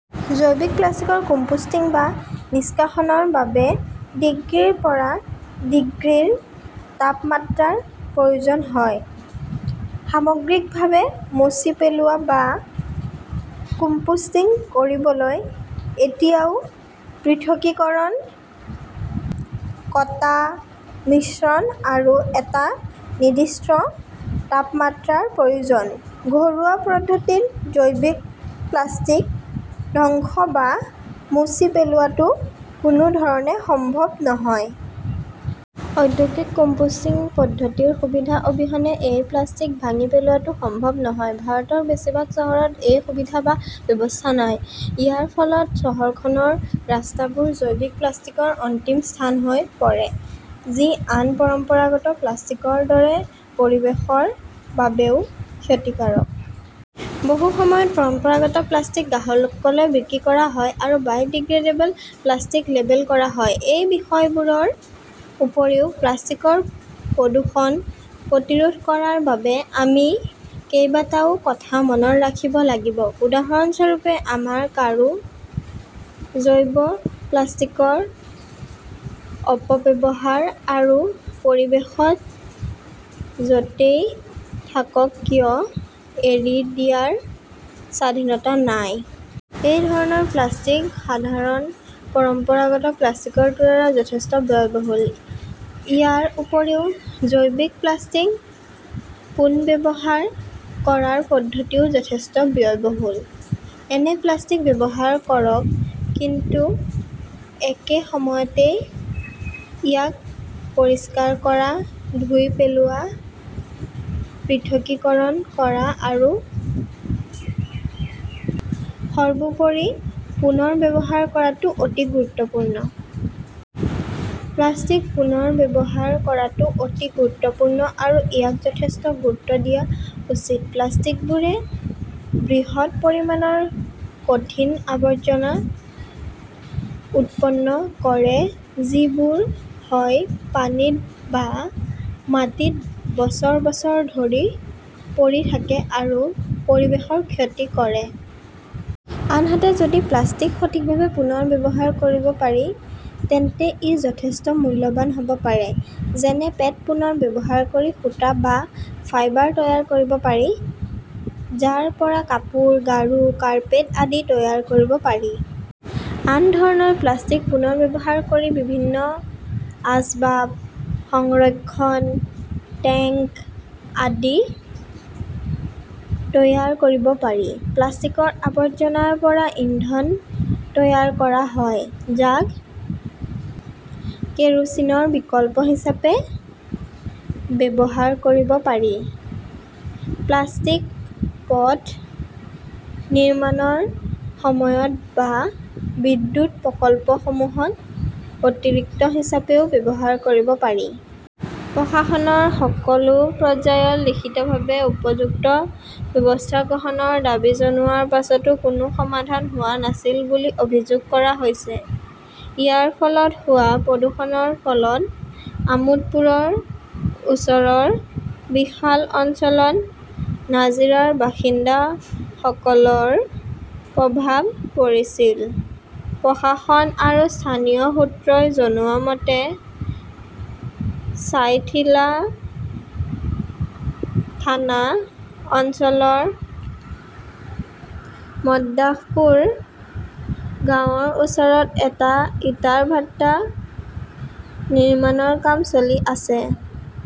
জৈৱিক প্লাষ্টিকৰ কম্পোষ্টিং বা নিষ্কাশনৰ বাবে ডিগ্ৰীৰ পৰা ডিগ্ৰীৰ তাপমাত্ৰাৰ প্ৰয়োজন হয়। সামগ্ৰিকভাৱে মচি পেলোৱা বা কম্পোষ্টিং কৰিবলৈ এতিয়াও পৃথকীকৰণ, কটা, মিশ্ৰণ আৰু এটা নিৰ্দিষ্ট তাপমাত্ৰাৰ প্ৰয়োজন। ঘৰুৱা পৰিস্থিতিত জৈৱিক প্লাষ্টিক ধ্বংস বা মচি পেলোৱাটো কোনো ধৰণে সম্ভৱ নহয়। ঔদ্যোগিক কম্পোষ্টিং পদ্ধতিৰ সুবিধা অবিহনে এই প্লাষ্টিক ভাঙি পেলোৱাটো সম্ভৱ নহয়। ভাৰতৰ বেছিভাগ চহৰত এই সুবিধা বা ব্যৱস্থা নাই। ইয়াৰ ফলত চহৰখনৰ ৰাস্তাবোৰ জৈৱিক প্লাষ্টিকৰ অন্তিম স্থান হৈ পৰে। যি আন পৰম্পৰাগত প্লাষ্টিকৰ দৰে পৰিৱেশৰ বাবেও ক্ষতিকাৰক। বহু সময়ত পৰম্পৰাগত প্লাষ্টিক গ্ৰাহকলৈ বিক্ৰী কৰা হয় আৰু বায়ডিগ্ৰেডেবল প্লাষ্টিক লেবেল কৰা হয়। এই বিষয়বোৰৰ উপৰিও প্লাষ্টিকৰ প্ৰদূষণ প্ৰতিৰোধ কৰাৰ বাবে আমি কেইবাটাও কথা মনত ৰাখিব লাগিব। উদাহৰণস্বৰূপে, আমাৰ কাৰো জৈৱ-প্লাষ্টিকৰ অপব্যৱহাৰ আৰু পৰিৱেশত য 'তেই থাকক কিয় এৰি দিয়াৰ স্বাধীনতা নাই। এই ধৰণৰ প্লাষ্টিক সাধাৰণ পৰম্পৰাগত প্লাষ্টিকৰ তুলনাত যথেষ্ট ব্যয়বহুল। ইয়াৰ উপৰিও জৈৱিক প্লাষ্টিক পুনৰ্ব্যৱহাৰ কৰাৰ পদ্ধতিও যথেষ্ট ব্যয়বহুল। এনে প্লাষ্টিক ব্যৱহাৰ কৰক। কিন্তু একে সময়তে ইয়াক পৰিষ্কাৰ কৰা, ধুই পেলোৱা, পৃথকীকৰণ কৰা আৰু সৰ্বোপৰি পুনৰ ব্যৱহাৰ কৰাটো অতি গুৰুত্বপূৰ্ণ। প্লাষ্টিক পুনৰ ব্যৱহাৰ কৰাটো অতি গুৰুত্বপূৰ্ণ আৰু ইয়াক যথেষ্ট গুৰুত্ব দিয়া উচিত। প্লাষ্টিকবোৰে বৃহৎ পৰিমাণৰ কঠিন আৱৰ্জনা উৎপন্ন কৰে যিবোৰ হয় পানীত বা মাটিত বছৰ বছৰ ধৰি পৰি থাকে আৰু পৰিৱেশৰ ক্ষতি কৰে। আনহাতে, যদি প্লাষ্টিক সঠিকভাৱে পুনৰ ব্যৱহাৰ কৰিব পাৰি তেন্তে ই যথেষ্ট মূল্যৱান হ 'ব পাৰে। যেনে পেট পুনৰ ব্যৱহাৰ কৰি সূতা বা ফাইবাৰ তৈয়াৰ কৰিব পাৰি, যাৰ পৰা কাপোৰ, গাৰু, কাৰ্পেট আদি তৈয়াৰ কৰিব পাৰি। আন ধৰণৰ প্লাষ্টিক পুনৰ ব্যৱহাৰ কৰি বিভিন্ন আচবাব, সংৰক্ষণ টেংক আদি তৈয়াৰ কৰিব পাৰি। প্লাষ্টিকৰ আৱৰ্জনাৰ পৰা ইন্ধন তৈয়াৰ কৰা হয়, যাক কেৰোচিনৰ বিকল্প হিচাপে ব্যৱহাৰ কৰিব পাৰি। প্লাষ্টিক পথ নিৰ্মাণৰ সময়ত বা বিদ্যুৎ প্ৰকল্পসমূহত অতিৰিক্ত হিচাপেও ব্যৱহাৰ কৰিব পাৰি। প্ৰশাসনৰ সকলো পৰ্যায়ত লিখিতভাৱে উপযুক্ত ব্যৱস্থা গ্ৰহণৰ দাবী জনোৱাৰ পিছতো কোনো সমাধান হোৱা নাছিল বুলি অভিযোগ কৰা হৈছে। ইয়াৰ ফলত হোৱা প্ৰদূষণৰ ফলত আমোদপুৰৰ ওচৰৰ বিশাল অঞ্চলত নাভিছাৰ বাসিন্দাসকলৰ প্ৰভাৱ পৰিছিল। প্ৰশাসন আৰু স্থানীয় সূত্ৰই জনোৱা মতে, ছাইথিয়া থানা অঞ্চলৰ মৰ্তদাসপুৰ গাঁৱৰ ওচৰত এটা ইটাৰ ভাটা নিৰ্মাণৰ কাম চলি আছে।